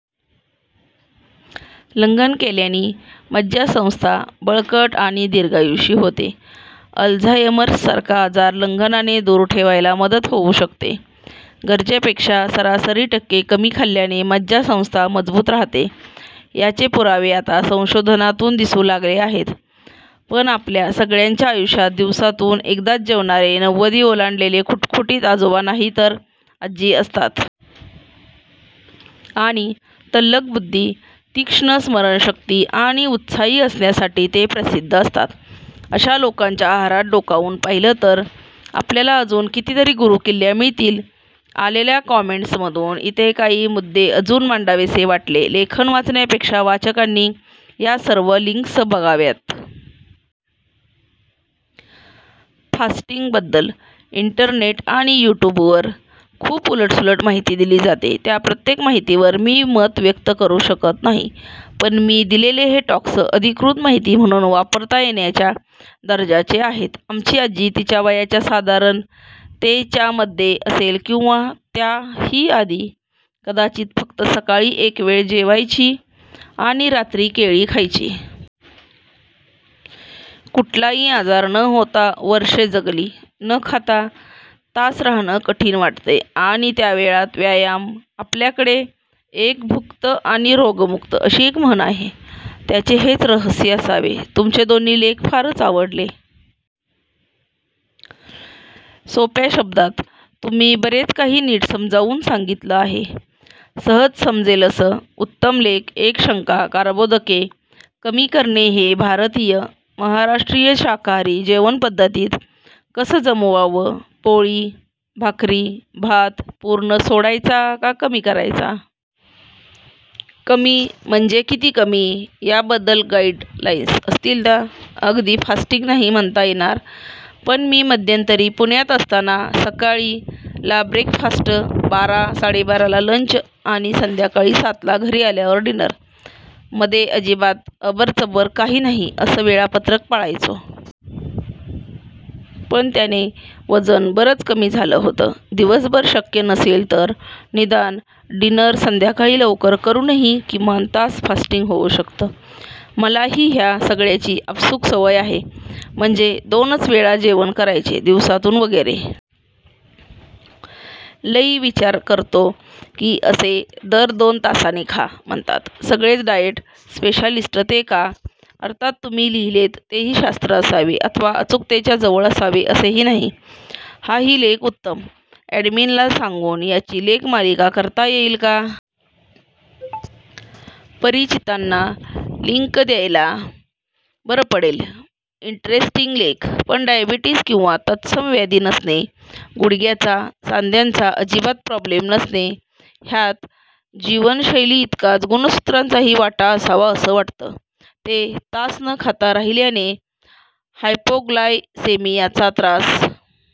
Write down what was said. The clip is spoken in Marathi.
लंघन केल्यानी मज्जासंस्था बळकट आणि दीर्घायुषी होते. अल्झायमर्स सारखा आजार लंघनाने दूर ठेवायला मदत होऊ शकते. गरजेपेक्षा सरासरी टक्के कमी खाल्ल्याने मज्जासंस्था मजबूत राहते याचे पुरावे आता संशोधनातून दिसू लागले आहेत. पण आप्ल्या सगळ्यांच्या आयुष्यात दिवसातून एकदाच जेवणारे, नव्वदी ओलांडलेले खुटखुटीत आजोबा नाहीतर आजी असतात. आणि तल्लख बुद्धी, तीक्ष्ण स्मरणशक्ती, आणि उत्साही असण्यासाठी ते प्रसिद्ध असतात. अशा लोकांच्या आहारात डोकावून पाहिलं तर आपल्याला अजून कितीतरी गुरुकिल्ल्या मिळतील! आलेल्या कॉमेंट्स मधून इथे काही मुद्दे अजून मांडावेसे वाटले लेखन वाचण्यापेक्षा वाचकांनी या सर्व लिंक्स बघाव्यात. फास्टिंग बद्दल इंटरनेट आणि युट्युबवर खूप उलट सुलट माहिती दिली जाते. त्या प्रत्येक माहितीवर मी मत व्यक्त करू शकत नाही. पण मी दिलेले हे टॉक्स अधिकृत माहिती म्हणून वापरता येण्याच्या दर्जाचे आहेत. आमची आजी तिच्या वयाच्या साधारण ते च्या मधे असेल किंवा त्या ही आधी कदाचित, फक्त सकाळी एक वेळ जेवायची आणि रात्री केळी खायची. कुठलाही आजार न होता वर्षे जगली. न खाता तास राहणं कठीण वाटतयं. आणि त्या वेळात व्यायाम? आपल्याकडे "एक भुक्त आणि रोगमुक्त" अशी एक म्हण आहे. त्याचे हेच रहस्य असावे. तुमचे दोन्ही लेख फारच आवडले. सोप्या शब्दांत तुम्ही बरेच काही नीट समजावून सांगितले आहे. सहज समजेल असं.., उत्तम लेख. एक शंका, कार्बोदके कमी करणे हे भारतीय / महाराष्ट्रीय शाकाहारी जेवणपद्धतीत कसं जमवावं? पोळी / भाकरी / भात पूर्ण सोडायचा का कमी करायचा? कमी म्हणजे किती कमी? याबद्दल गाईडलाईन्स असतील ना? अगदी फास्टींग नाही म्हणता येणार पण मी मध्यंतरी पुण्यात असताना, सकाळी: ला ब्रेकफास्ट, बारा-साडेबाराला लंच आणि संध्याकाळी सातला घरी आल्यावर डीनर.. मधे अजिबात अबरचबर काही नाही असं वेळापत्रक पाळायचो. पण त्याने वजन बरच कमी झालं होतं. दिवसभर शक्य नसेल तर निदान डीनर संध्याकाळी लवकर करूनही किमान तास फास्टींग होऊ शकतं. मलाही ह्या सगळ्याची आपसूक सवय आहे. म्हणजे दोनच वेळा जेवण करायचे दिवसातून वगैरे. लै विचार करतो की असे दर दोन तासाने खा म्हणतात सगळेच डायट स्पेशालिस्ट ते का? अर्थात तुम्ही लिहिलेत तेही शास्त्र असावे अथवा अचूकतेच्या जवळ असावे असेही नाही. हाही लेख उत्तम. ॲडमिनला सांगून याची लेखमालिका करता येईल का? परिचितांना लिंक द्यायला बरं पडेल. इंटरेस्टिंग लेख! पण डायबेटिस किंवा तत्सम व्याधी नसणे, गुडघ्याचा, सांध्यांचा अजिबात प्रॉब्लेम नसणे ह्यात जीवनशैलीइतकाच गुणसुत्रांचाही वाटा असावा असं वाटतं. ते तास न खाता राहिल्याने हायपोग्लायसेमिया चा त्रास